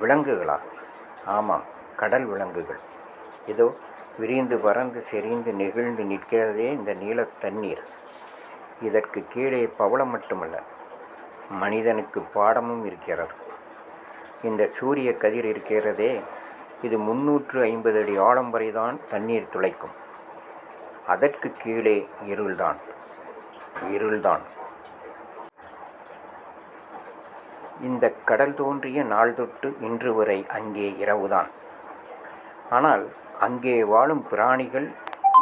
விலங்குகளா? ஆமாம். கடல் விலங்குகள். இதோ, விரிந்து பரந்து செறிந்து நெகிழ்ந்து நிற்கிறதே இந்த நீலத்தண்ணீர்... இதற்குக் கீழே பவளம் மட்டுமல்ல. மனிதனுக்குப் பாடமும் இருக்கிறது. இந்தச் சூரியக்கதிர் இருக்கிறதே, இது முந்நூற்று ஐம்பது அடி ஆழம் வரைதான் தண்ணீர்துளைக்கும். அதற்குக் கீழே இருள்தான். இருள்தான். இந்தக் கடல் தோன்றிய நாள்தொட்டு இன்றுவரை அங்கே இரவுதான். ஆனால், அங்கே வாழும் பிராணிகள்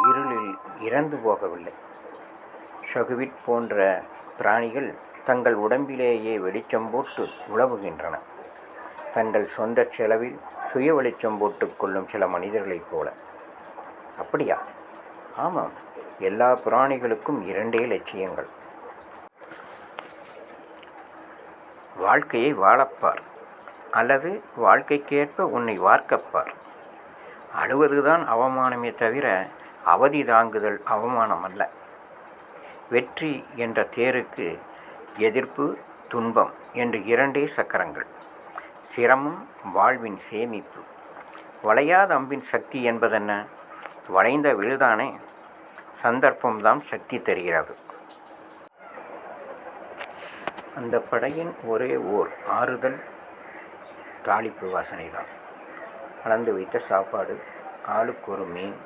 இருளில் இறந்து போகவில்லை. ஸகுவிட்போன்ற பிராணிகள், தங்கள் உடம்பிலேயே வெளிச்சம் போட்டு உலவுகின்றன தங்கள் சொந்தச் செலவில் சுயவெளிச்சம் போட்டுக்கொள்ளும் சில மனிதர்களைப்போல. அப்படியா? ஆமாம். எல்லாப் பிராணிகளுக்கும் இரண்டே லட்சியங்கள். வாழ்க்கையை வாழப்பார். அல்லது வாழ்க்கைக்கேற்ப உன்னை வார்க்கப்பார். அழுவதுதான் அவமானமே தவிர அவதி தாங்குதல் அவமானம் அல்ல. வெற்றி என்ற தேருக்கு எதிர்ப்பு, துன்பம் என்று இரண்டே சக்கரங்கள். சிரமம் வாழ்வின் சேமிப்பு. வளையாத அம்பின் சக்தி என்பதென்ன? வளைந்த வில்தானே. சந்தர்ப்பம்தான் சக்தி தருகிறது. அந்தப் படகின் ஒரே ஓர் ஆறுதல் தாளிப்பு வாசனைதான். அளந்து வைத்த சாப்பாடு. ஆளுக்கொரு மீன்.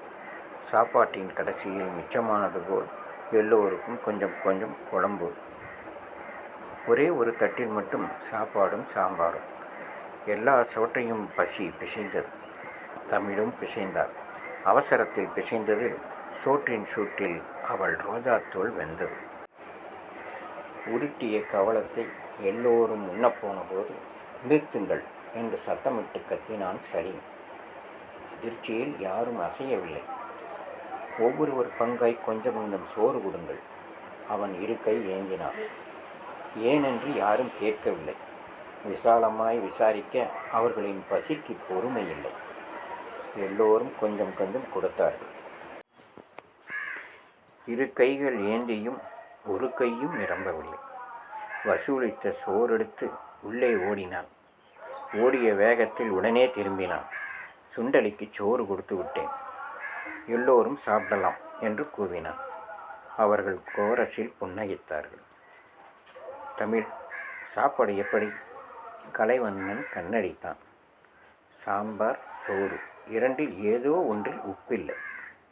சாப்பாட்டின் கடைசியில் மிச்சமானது போல் எல்லோருக்கும் கொஞ்சம் கொஞ்சம் குழம்பு. ஒரே ஒரு தட்டில் மட்டும் சாப்பாடும் சாம்பாரும். எல்லாச் சோற்றையும் பசிபிசைந்தது. தமிழும் பிசைந்தாள். அவசரத்தில் பிசைந்ததில் சோற்றின் சூட்டில் அவள் ரோஜாத்தோல் வெந்தது. உருட்டிய கவளத்தை எல்லோரும் உண்ணப்போனபோது நிறுத்துங்கள் என்று சத்தமிட்டுக் கத்தினான் சலீம். அதிர்ச்சியில் யாரும் அசையவில்லை. ஒவ்வொருவர் பங்காய்க் கொஞ்சம் கொஞ்சம் சோறு கொடுங்கள். அவன் இரு கை ஏந்தினான். ஏனென்று யாரும் கேட்கவில்லை. விசாலமாய் விசாரிக்க அவர்களின் பசிக்குப் பொறுமை இல்லை. எல்லோரும் கொஞ்சம் கொஞ்சம் கொடுத்தார்கள். இரு கைகள் ஏந்தியும் ஒரு। கையும் நிரம்பவில்லை. வசூலித்த சோறெடுத்து உள்ளே ஓடினான். ஓடிய வேகத்தில் உடனே திரும்பினான். சுண்டெலிக்குச் சோறு கொடுத்துவிட்டேன். எல்லோரும் சாப்பிடலாம் என்று கூவினான். அவர்கள் கோரஸில் புன்னகைத்தார்கள். தமிழ். சாப்பாடு எப்படி? கலைவண்ணன் கண்ணடித்தான். சாம்பார் சோறு இரண்டில் ஏதோ ஒன்றில் உப்பில்லை.